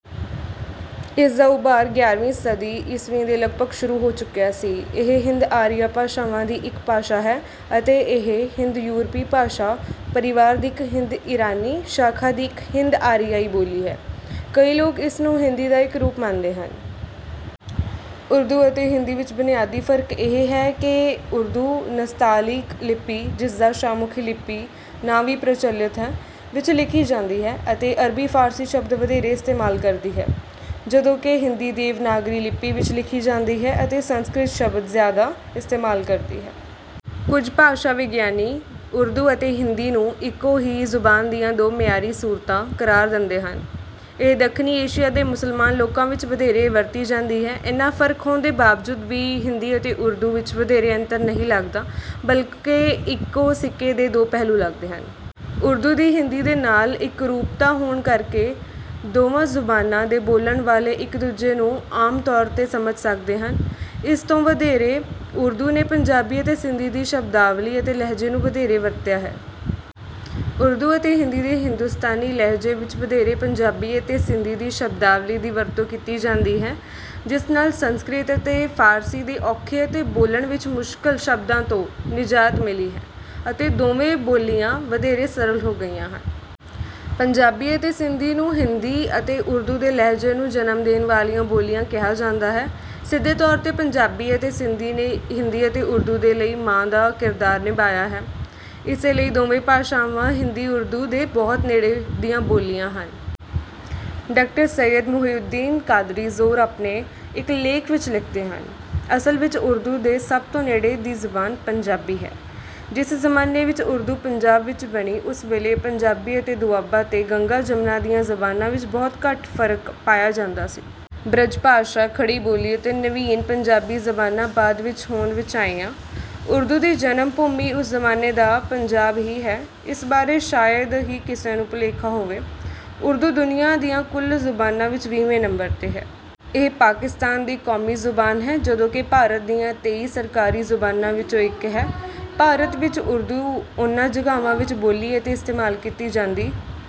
ਇਸ ਦਾ ਉਭਾਰ ਗਿਆਰ੍ਹਵੀਂ ਸਦੀ ਈਸਵੀ ਦੇ ਲਗਭਗ ਸ਼ੁਰੂ ਹੋ ਚੁੱਕਿਆ ਸੀ। ਇਹ ਹਿੰਦ-ਆਰੀਆ ਭਾਸ਼ਾਵਾਂ ਦੀ ਇੱਕ ਭਾਸ਼ਾ ਹੈ ਅਤੇ ਇਹ ਹਿੰਦ-ਯੂਰਪੀ ਭਾਸ਼ਾ-ਪਰਿਵਾਰ ਦੀ ਹਿੰਦ-ਇਰਾਨੀ ਸ਼ਾਖਾ ਦੀ ਇੱਕ ਹਿੰਦ-ਆਰੀਆਈ ਬੋਲੀ ਹੈ। ਕਈ ਲੋਕ ਇਸਨੂੰ ਹਿੰਦੀ ਦਾ ਇੱਕ ਰੂਪ ਮੰਨਦੇ ਹਨ। ਉਰਦੂ ਅਤੇ ਹਿੰਦੀ ਵਿੱਚ ਬੁਨਿਆਦੀ ਫ਼ਰਕ ਇਹ ਹੈ ਕਿ ਉਰਦੂ ਨਸਤਾਲੀਕ ਲਿਪੀ, ਜਿਸਦਾ ਸ਼ਾਹਮੁਖੀ ਲਿਪੀ ਨਾਂ ਵੀ ਪ੍ਰਚਲਿਤ ਹੈ, ਵਿੱਚ ਲਿਖੀ ਜਾਂਦੀ ਹੈ ਅਤੇ ਅਰਬੀ-ਫ਼ਾਰਸੀ ਸ਼ਬਦ ਵਧੇਰੇ ਇਸਤੇਮਾਲ ਕਰਦੀ ਹੈ। ਜਦੋਂ ਕਿ ਹਿੰਦੀ ਦੇਵਨਾਗਰੀ ਲਿਪੀ ਵਿੱਚ ਲਿਖੀ ਜਾਂਦੀ ਹੈ ਅਤੇ ਸੰਸਕ੍ਰਿਤ ਸ਼ਬਦ ਜ਼ਿਆਦਾ ਇਸਤੇਮਾਲ ਕਰਦੀ ਹੈ। ਕੁਝ ਭਾਸ਼ਾ-ਵਿਗਿਆਨੀ ਉਰਦੂ ਅਤੇ ਹਿੰਦੀ ਨੂੰ ਇੱਕੋ ਹੀ ਜ਼ੁਬਾਨ ਦੀਆਂ ਦੋ ਮਿਆਰੀ ਸੂਰਤਾਂ ਕਰਾਰ ਦਿੰਦੇ ਹਨ। ਇਹ ਦੱਖਣੀ ਏਸ਼ੀਆ ਦੇ ਮੁਸਲਮਾਨ ਲੋਕਾਂ ਵਿੱਚ ਵਧੇਰੇ ਵਰਤੀ ਜਾਂਦੀ ਹੈ। ਇੰਨਾ ਫ਼ਰਕ ਹੋਣ ਦੇ ਬਾਵਜੂਦ ਵੀ ਹਿੰਦੀ ਅਤੇ ਉਰਦੂ ਵਿੱਚ ਵਧੇਰੇ ਅੰਤਰ ਨਹੀਂ ਲਗਦਾ, ਬਲਕਿ ਇੱਕੋ ਸਿੱਕੇ ਦੇ ਦੋ ਪਹਿਲੂ ਲਗਦੇ ਹਨ। ਉਰਦੂ ਦੀ ਹਿੰਦੀ ਦੇ ਨਾਲ ਇੱਕਰੂਪਤਾ ਹੋਣ ਕਰਕੇ, ਦੋਵਾਂ ਜ਼ਬਾਨਾਂ ਦੇ ਬੋਲਣ ਵਾਲੇ ਇੱਕ ਦੂਜੇ ਨੂੰ ਆਮ ਤੌਰ 'ਤੇ ਸਮਝ ਸਕਦੇ ਹਨ। ਇਸ ਤੋਂ ਵਧੇਰੇ ਉਰਦੂ ਨੇ ਪੰਜਾਬੀ ਅਤੇ ਸਿੰਧੀ ਦੀ ਸ਼ਬਦਾਵਲੀ ਅਤੇ ਲਹਿਜੇ ਨੂੰ ਵਧੇਰੇ ਵਰਤਿਆ ਹੈ। ਉਰਦੂ ਅਤੇ ਹਿੰਦੀ ਦੇ ਹਿੰਦੁਸਤਾਨੀ ਲਹਿਜੇ ਵਿੱਚ ਵਧੇਰੇ ਪੰਜਾਬੀ ਅਤੇ ਸਿੰਧੀ ਦੀ ਸ਼ਬਦਾਵਲੀ ਦੀ ਵਰਤੋਂ ਕੀਤੀ ਜਾਂਦੀ ਹੈ, ਜਿਸ ਨਾਲ ਸੰਸਕ੍ਰਿਤ ਅਤੇ ਫ਼ਾਰਸੀ ਦੇ ਔਖੇ ਅਤੇ ਬੋਲਣ ਵਿੱਚ ਮੁਸ਼ਕਲ ਸ਼ਬਦਾਂ ਤੋਂ ਨਿਜਾਤ ਮਿਲੀ ਹੈ, ਅਤੇ ਦੋਵੇਂ ਬੋਲੀਆਂ ਵਧੇਰੇ ਸਰਲ ਹੋ ਗਈਆਂ ਹਨ। ਪੰਜਾਬੀ ਅਤੇ ਸਿੰਧੀ ਨੂੰ ਹਿੰਦੀ ਅਤੇ ਉਰਦੂ ਦੇ ਲਹਿਜੇ ਨੂੰ ਜਨਮ ਦੇਣ ਵਾਲੀਆਂ ਬੋਲੀਆਂ ਕਿਹਾ ਜਾਂਦਾ ਹੈ। ਸਿੱਧੇ ਤੌਰ 'ਤੇ ਪੰਜਾਬੀ ਅਤੇ ਸਿੰਧੀ ਨੇ ਹਿੰਦੀ ਅਤੇ ਉਰਦੂ ਦੇ ਲਈ ਮਾਂ ਦਾ ਕਿਰਦਾਰ ਨਿਭਾਇਆ ਹੈ, ਇਸੇ ਲਈ ਦੋਵੇਂ ਭਾਸ਼ਾਵਾਂ ਹਿੰਦੀ-ਉਰਦੂ ਦੇ ਬਹੁਤ ਨੇੜੇ ਦੀਆਂ ਬੋਲੀਆਂ ਹਨ। ਡਾ. ਸੱਯਦ ਮੁਹੀਉਦੀਨ ਕ਼ਾਦਰੀ ਜ਼ੋਰ ਆਪਣੇ ਇੱਕ ਲੇਖ ਵਿੱਚ ਲਿਖਦੇ ਹਨ: ਅਸਲ ਵਿੱਚ ਉਰਦੂ ਦੇ ਸਭ ਤੋਂ ਨੇੜੇ ਦੀ ਜ਼ਬਾਨ ਪੰਜਾਬੀ ਹੈ। ਜਿਸ ਜ਼ਮਾਨੇ ਵਿੱਚ ਉਰਦੂ ਪੰਜਾਬ ਵਿੱਚ ਬਣੀ ਉਸ ਵੇਲੇ ਪੰਜਾਬੀ ਅਤੇ ਦੁਆਬਾ ਤੇ ਗੰਗਾ-ਜਮਨਾ ਦੀਆਂ ਜ਼ਬਾਨਾਂ ਵਿੱਚ ਬਹੁਤ ਘੱਟ ਫ਼ਰਕ ਪਾਇਆ ਜਾਂਦਾ ਸੀ। ਬ੍ਰਜ ਭਾਸ਼ਾ, ਖੜੀ ਬੋਲੀ ਅਤੇ ਨਵੀਨ ਪੰਜਾਬੀ ਜ਼ਬਾਨਾਂ ਬਾਅਦ ਵਿੱਚ ਹੋਂਦ ਵਿੱਚ ਆਈਆਂ। ਉਰਦੂ ਦੀ ਜਨਮ ਭੂਮੀ ਉਸ ਜ਼ਮਾਨੇ ਦਾ ਪੰਜਾਬ ਹੀ ਹੈ, ਇਸ ਬਾਰੇ ਸ਼ਾਇਦ ਹੀ ਕਿਸੇ ਨੂੰ ਭੁਲੇਖਾ ਹੋਵੇ। ਉਰਦੂ ਦੁਨੀਆ ਦੀਆਂ ਕੁੱਲ ਜ਼ੁਬਾਨਾਂ ਵਿੱਚ ਵੀਹਵੇਂ ਨੰਬਰ 'ਤੇ ਹੈ। ਇਹ ਪਾਕਿਸਤਾਨ ਦੀ ਕੌਮੀ ਜ਼ੁਬਾਨ ਹੈ, ਜਦੋਂ ਕਿ ਭਾਰਤ ਦੀਆਂ ਤੇਈ ਸਰਕਾਰੀ ਜ਼ੁਬਾਨਾਂ ਵਿੱਚੋਂ ਇੱਕ ਹੈ। ਭਾਰਤ ਵਿੱਚ, ਉਰਦੂ ਉਨ੍ਹਾਂ ਜਗ੍ਹਾਵਾਂ ਵਿੱਚ ਬੋਲੀ ਅਤੇ ਇਸਤੇਮਾਲ ਕੀਤੀ ਜਾਂਦੀ